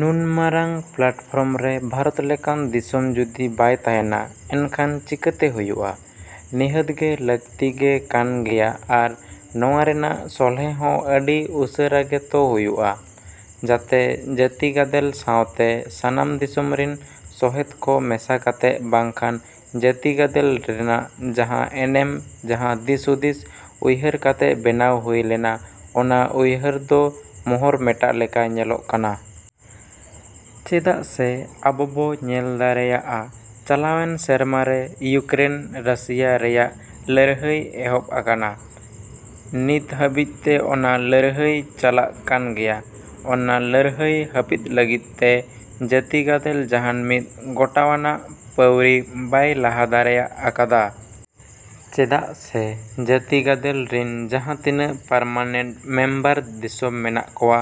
ᱱᱩᱱ ᱢᱟᱨᱟᱝ ᱯᱞᱟᱴᱯᱷᱚᱨᱢ ᱨᱮ ᱵᱷᱟᱨᱚᱛ ᱞᱮᱠᱟᱱ ᱫᱤᱥᱚᱢ ᱡᱩᱫᱤ ᱵᱟᱭ ᱛᱟᱦᱮᱱᱟ ᱮᱱᱠᱷᱟᱱ ᱪᱤᱠᱟᱹᱛᱮ ᱦᱩᱭᱩᱜᱼᱟ᱾ ᱱᱤᱦᱟᱹᱛ ᱜᱮ ᱞᱟᱹᱠᱛᱤ ᱜᱮ ᱠᱟᱱ ᱜᱮᱭᱟ ᱟᱨ ᱱᱚᱶᱟ ᱨᱮᱱᱟᱜ ᱥᱚᱞᱦᱮ ᱦᱚᱸ ᱟᱹᱰᱤ ᱩᱥᱟᱹᱨᱟ ᱜᱮ ᱛᱚ ᱦᱩᱭᱩᱜᱼᱟ᱾ ᱡᱟᱛᱮ ᱡᱟᱹᱛᱤ ᱜᱟᱫᱮᱞ ᱥᱟᱶᱛᱮ ᱥᱟᱱᱟᱢ ᱫᱤᱥᱚᱢ ᱨᱤᱱ ᱥᱚᱦᱮᱫ ᱠᱚ ᱢᱮᱥᱟ ᱠᱟᱛᱮ ᱵᱟᱝᱠᱷᱟᱱ ᱡᱟᱹᱛᱤ ᱜᱟᱫᱮᱞ ᱨᱮᱱᱟᱜ ᱡᱟᱦᱟᱸ ᱮᱱᱮᱢ ᱡᱟᱦᱟᱸ ᱫᱤᱥ ᱦᱩᱫᱤᱥ ᱩᱭᱦᱟᱹᱨ ᱠᱟᱛᱮ ᱵᱮᱱᱟᱣ ᱦᱩᱭ ᱞᱮᱱᱟ ᱚᱱᱟ ᱩᱭᱦᱟᱹᱨ ᱫᱚ ᱢᱚᱦᱚᱨ ᱢᱮᱴᱟᱜ ᱞᱮᱠᱟ ᱧᱮᱞᱚᱜ ᱠᱟᱱᱟ᱾ ᱪᱮᱫᱟᱜ ᱥᱮ ᱟᱵᱚ ᱵᱚ ᱧᱮᱞ ᱫᱟᱲᱮᱭᱟᱜᱼᱟ ᱪᱟᱞᱟᱣᱮᱱ ᱥᱮᱨᱢᱟ ᱨᱮ ᱤᱭᱩᱠᱨᱮᱱ ᱨᱟᱥᱤᱭᱟ ᱨᱮᱭᱟᱜ ᱞᱟᱹᱲᱦᱟᱹᱭ ᱮᱦᱚᱵ ᱟᱠᱟᱱᱟ᱾ ᱱᱤᱛ ᱦᱟᱹᱵᱤᱡ ᱛᱮ ᱚᱱᱟ ᱞᱟᱹᱲᱦᱟᱹᱭ ᱪᱟᱞᱟᱜ ᱠᱟᱱ ᱜᱮᱭᱟ᱾ ᱚᱱᱟ ᱞᱟᱹᱲᱦᱟᱹᱭ ᱦᱟᱯᱤᱫ ᱞᱟᱹᱜᱤᱫ ᱛᱮ ᱡᱟᱹᱛᱤ ᱜᱟᱫᱮᱞ ᱡᱟᱦᱟᱱ ᱢᱤᱫ ᱜᱚᱴᱟᱣᱟᱱᱟᱜ ᱯᱟᱹᱣᱲᱤ ᱵᱟᱭ ᱞᱟᱦᱟ ᱫᱟᱲᱮᱭᱟᱜ ᱟᱠᱟᱫᱟ᱾ ᱪᱮᱫᱟᱜ ᱥᱮ ᱡᱟᱹᱛᱤ ᱜᱟᱫᱮᱞ ᱨᱤᱱ ᱡᱟᱦᱟᱸ ᱛᱤᱱᱟᱹᱜ ᱯᱟᱨᱢᱟᱱᱮᱱᱴ ᱢᱮᱢᱵᱟᱨ ᱫᱤᱥᱚᱢ ᱢᱮᱱᱟᱜ ᱠᱚᱣᱟ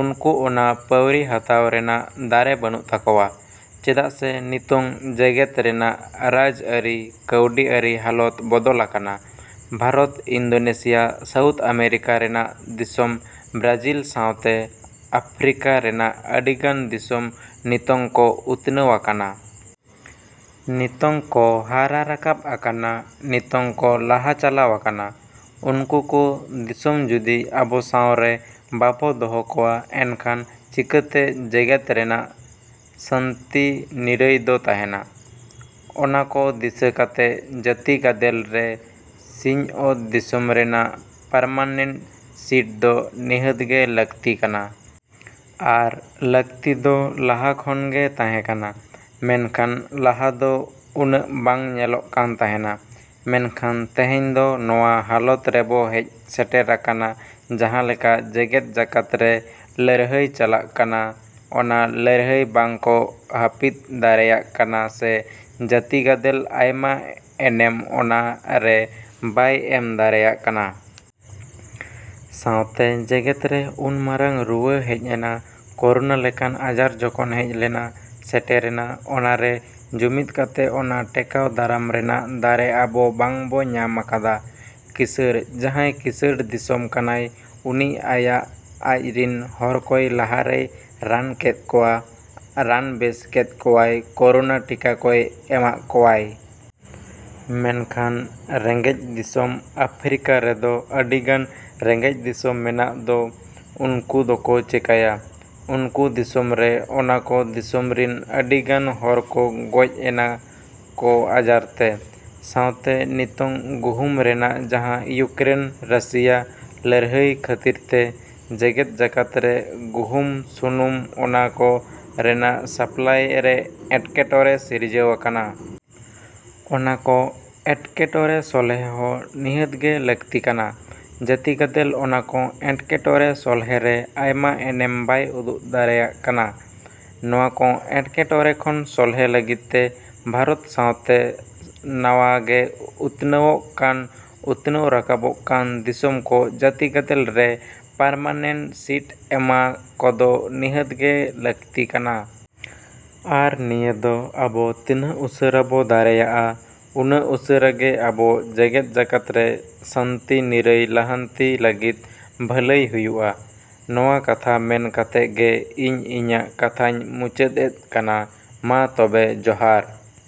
ᱩᱱᱠᱩ ᱚᱱᱟ ᱯᱟᱹᱣᱲᱤ ᱦᱟᱛᱟᱣ ᱨᱮᱱᱟᱜ ᱫᱟᱲᱮ ᱵᱟᱹᱱᱩᱜ ᱛᱟᱠᱚᱣᱟ᱾ ᱪᱮᱫᱟᱜ ᱥᱮ ᱱᱤᱛᱚᱝ ᱡᱮᱜᱮᱫ ᱨᱮᱱᱟᱜ ᱨᱟᱡᱽ ᱟᱹᱨᱤ ᱠᱟᱹᱣᱰᱤ ᱟᱹᱨᱤ ᱦᱟᱞᱚᱛ ᱵᱚᱫᱚᱞ ᱟᱠᱟᱱᱟ᱾ ᱵᱷᱟᱨᱚᱛ ᱤᱱᱫᱳᱱᱮᱥᱤᱭᱟ ᱥᱟᱣᱩᱛᱷ ᱟᱢᱮᱨᱤᱠᱟ ᱨᱮᱱᱟᱜ ᱫᱤᱥᱚᱢ ᱵᱨᱟᱡᱤᱞ ᱥᱟᱶᱛᱮ ᱟᱯᱷᱨᱤᱠᱟ ᱨᱮᱱᱟᱜ ᱟᱹᱰᱤ ᱜᱟᱱ ᱫᱤᱥᱚᱢ ᱱᱤᱛᱚᱝ ᱠᱚ ᱩᱛᱱᱟᱹᱣ ᱟᱠᱟᱱᱟ᱾ ᱱᱤᱛᱚᱝ ᱠᱚ ᱦᱟᱨᱟ ᱨᱟᱠᱟᱵ ᱟᱠᱟᱱᱟ ᱱᱤᱛᱚᱝ ᱠᱚ ᱞᱟᱦᱟ ᱪᱟᱞᱟᱣ ᱟᱠᱟᱱᱟ᱾ ᱩᱱᱠᱩ ᱠᱚ ᱫᱤᱥᱚᱢ ᱡᱩᱫᱤ ᱟᱵᱚ ᱥᱟᱶ ᱨᱮ ᱵᱟᱵᱚ ᱫᱚᱦᱚ ᱠᱚᱣᱟ ᱮᱱᱠᱷᱟᱱ ᱪᱤᱠᱟᱹᱛᱮ ᱡᱮᱜᱮᱫ ᱨᱮᱱᱟᱜ ᱥᱟᱱᱛᱤ ᱱᱤᱨᱟᱹᱭ ᱫᱚ ᱛᱟᱦᱮᱱᱟ᱾ ᱚᱱᱟ ᱠᱚ ᱫᱤᱥᱟᱹ ᱠᱟᱛᱮ ᱡᱟᱹᱛᱤ ᱜᱟᱫᱮᱞ ᱨᱮ ᱥᱤᱧ ᱚᱛ ᱫᱤᱥᱚᱢ ᱨᱮᱱᱟᱜ ᱯᱟᱨᱢᱟᱱᱮᱱᱴ ᱥᱤᱴ ᱫᱚ ᱱᱤᱦᱟᱹᱛ ᱜᱮ ᱞᱟᱹᱠᱛᱤ ᱠᱟᱱᱟ᱾ ᱟᱨ ᱞᱟᱠᱛᱤ ᱫᱚ ᱞᱟᱦᱟ ᱠᱷᱚᱱ ᱜᱮ ᱛᱟᱦᱮᱸ ᱠᱟᱱᱟ᱾ ᱢᱮᱱᱠᱷᱟᱱ ᱞᱟᱦᱟ ᱫᱚ ᱩᱱᱟᱹᱜ ᱵᱟᱝ ᱧᱮᱞᱚᱜ ᱠᱟᱱ ᱛᱟᱦᱮᱱᱟ᱾ ᱢᱮᱱᱠᱷᱟᱱ ᱛᱮᱦᱮᱧ ᱦᱚᱸ ᱱᱚᱶᱟ ᱦᱟᱞᱚᱛ ᱨᱮᱵᱚ ᱦᱮᱡ ᱥᱮᱴᱮᱨ ᱟᱠᱟᱱᱟ ᱡᱟᱦᱟᱸ ᱞᱮᱠᱟ ᱡᱮᱜᱮᱫ ᱡᱟᱠᱟᱛ ᱨᱮ ᱞᱟᱹᱲᱦᱟᱹᱭ ᱪᱟᱞᱟᱜ ᱠᱟᱱᱟ ᱚᱱᱟ ᱞᱟᱹᱲᱦᱟᱹᱭ ᱵᱟᱝ ᱵᱚ ᱦᱟᱯᱤᱫ ᱫᱟᱲᱮᱭᱟᱜ ᱠᱟᱱᱟ ᱥᱮ ᱡᱟᱹᱛᱤ ᱜᱟᱫᱮᱞ ᱟᱭᱟᱜ ᱮᱱᱮᱢ ᱚᱱᱟ ᱨᱮ ᱵᱟᱭ ᱮᱢ ᱫᱟᱲᱮᱭᱟᱜ ᱠᱟᱱᱟ᱾ ᱥᱟᱶᱛᱮ ᱡᱮᱜᱮᱫ ᱨᱮ ᱩᱱ ᱢᱟᱨᱟᱝ ᱨᱩᱣᱟᱹ ᱦᱮᱡ ᱮᱱᱟ ᱠᱳᱨᱳᱱᱟ ᱞᱮᱠᱟᱱ ᱟᱡᱟᱨ ᱡᱚᱠᱷᱚᱱ ᱦᱮᱡ ᱞᱮᱱᱟ ᱥᱮᱴᱮᱨᱮᱱᱟ ᱚᱱᱟ ᱨᱮ ᱡᱩᱢᱤᱫ ᱠᱟᱛᱮ ᱚᱱᱟ ᱴᱮᱠᱟᱣ ᱫᱟᱨᱟᱢ ᱨᱮᱱᱟᱜ ᱫᱟᱲᱮ ᱟᱵᱚ ᱵᱟᱝ ᱵᱚ ᱧᱟᱢ ᱟᱠᱟᱫᱟ᱾ ᱠᱤᱥᱟᱹᱬ ᱡᱟᱦᱟᱸᱭ ᱠᱤᱥᱟᱹᱬ ᱫᱤᱥᱚᱢ ᱠᱟᱱᱟᱭ ᱩᱱᱤ ᱟᱭᱟᱜ ᱟᱡ ᱨᱤᱱ ᱦᱚᱲ ᱠᱚᱭ ᱞᱟᱦᱟ ᱨᱮᱭ ᱨᱟᱱ ᱠᱮᱫ ᱠᱚᱣᱟ ᱨᱟᱱ ᱵᱮᱥ ᱠᱮᱫ ᱠᱚᱣᱟᱭ ᱠᱳᱨᱳᱱᱟ ᱴᱤᱠᱟ ᱠᱚᱭ ᱮᱢᱟᱜ ᱠᱚᱣᱟᱭ᱾ ᱢᱮᱱᱠᱷᱟᱱ ᱨᱮᱸᱜᱮᱡ ᱫᱤᱥᱚᱢ ᱟᱯᱷᱨᱤᱠᱟ ᱨᱮᱫᱚ ᱟᱹᱰᱤ ᱜᱟᱱ ᱨᱮᱸᱜᱮᱡ ᱫᱤᱥᱚᱢ ᱢᱮᱱᱟᱜ ᱫᱚ ᱩᱱᱠᱩ ᱫᱚᱠᱚ ᱪᱮᱠᱟᱭᱟ ᱩᱱᱠᱩ ᱫᱤᱥᱚᱢ ᱨᱮ ᱚᱱᱟ ᱠᱚ ᱫᱤᱥᱚᱢ ᱨᱤᱱ ᱟᱹᱰᱤ ᱜᱟᱱ ᱦᱚᱲ ᱠᱚ ᱜᱚᱡ ᱮᱱᱟ ᱠᱚ ᱟᱡᱟᱨ ᱛᱮ᱾ ᱥᱟᱶᱛᱮ ᱱᱤᱛᱚᱝ ᱜᱩᱦᱩᱢ ᱨᱮᱱᱟᱜ ᱡᱟᱦᱟᱸ ᱤᱭᱩᱠᱨᱮᱱ ᱨᱟᱥᱤᱭᱟ ᱞᱟᱹᱲᱦᱟᱹᱭ ᱠᱷᱟᱹᱛᱤᱨ ᱛᱮ ᱡᱮᱜᱮᱫ ᱡᱟᱠᱟᱛ ᱨᱮ ᱜᱩᱦᱩᱢ ᱥᱩᱱᱩᱢ ᱚᱱᱟ ᱠᱚ ᱨᱮᱱᱟᱜ ᱥᱟᱯᱞᱟᱭ ᱨᱮ ᱮᱴᱠᱮᱴᱚᱬᱮ ᱥᱤᱨᱡᱟᱹᱣ ᱟᱠᱟᱱᱟ᱾ ᱚᱱᱟ ᱠᱚ ᱮᱴᱠᱮᱴᱚᱬᱮ ᱥᱚᱞᱦᱮ ᱦᱚᱸ ᱱᱤᱦᱟᱹᱛ ᱜᱮ ᱞᱟᱠᱛᱤ ᱠᱟᱱᱟ᱾ ᱡᱟᱹᱛᱤ ᱜᱟᱫᱮᱞ ᱚᱱᱟ ᱠᱚ ᱮᱴᱠᱮᱴᱚᱬᱮ ᱥᱚᱞᱦᱮ ᱨᱮ ᱟᱭᱟᱜ ᱮᱱᱮᱢ ᱵᱟᱭ ᱩᱫᱩᱜ ᱫᱟᱲᱮᱭᱟᱜ ᱠᱟᱱᱟ᱾ ᱱᱚᱶᱟ ᱠᱚ ᱮᱴᱠᱮᱴᱚᱬᱮ ᱠᱷᱚᱱ ᱥᱚᱞᱦᱮ ᱞᱟᱹᱜᱤᱫ ᱛᱮ ᱵᱷᱟᱨᱚᱛ ᱥᱟᱶᱛᱮ ᱱᱟᱶᱟ ᱜᱮ ᱩᱛᱱᱟᱹᱣᱚᱜ ᱠᱟᱱ ᱩᱛᱱᱟᱹᱣ ᱨᱟᱠᱟᱵᱚᱜ ᱠᱟᱱ ᱫᱤᱥᱚᱢ ᱠᱚ ᱡᱟᱹᱛᱤ ᱜᱟᱫᱮᱞ ᱨᱮ ᱯᱟᱨᱢᱟᱱᱮᱱᱴ ᱥᱤᱴ ᱮᱢᱟ ᱠᱚᱫᱚ ᱱᱤᱦᱟᱹᱛ ᱜᱮ ᱞᱟᱹᱠᱛᱤ ᱠᱟᱱᱟ᱾ ᱟᱨ ᱱᱤᱭᱟᱹ ᱫᱚ ᱟᱵᱚ ᱛᱤᱱᱟᱹᱜ ᱩᱥᱟᱹᱨᱟ ᱵᱚ ᱫᱟᱲᱮᱭᱟᱜᱼᱟ ᱩᱱᱟᱹᱜ ᱩᱥᱟᱹᱨᱟ ᱜᱮ ᱟᱵᱚ ᱡᱮᱜᱮᱫ ᱡᱟᱠᱟᱛ ᱨᱮ ᱥᱟᱱᱛᱤ ᱱᱤᱨᱟᱹᱭ ᱞᱟᱦᱟᱱᱛᱤ ᱞᱟᱹᱜᱤᱫ ᱵᱷᱟᱹᱞᱟᱹᱭ ᱦᱩᱭᱩᱜᱼᱟ᱾ ᱱᱚᱶᱟ ᱠᱟᱛᱷᱟ ᱢᱮᱱ ᱠᱟᱛᱮ ᱜᱮ ᱤᱧ ᱤᱧᱟᱹᱜ ᱠᱟᱛᱷᱟᱧ ᱢᱩᱪᱟᱹᱫ ᱮᱫ ᱠᱟᱱᱟ ᱢᱟ ᱛᱚᱵᱮ ᱡᱚᱦᱟᱨ᱾।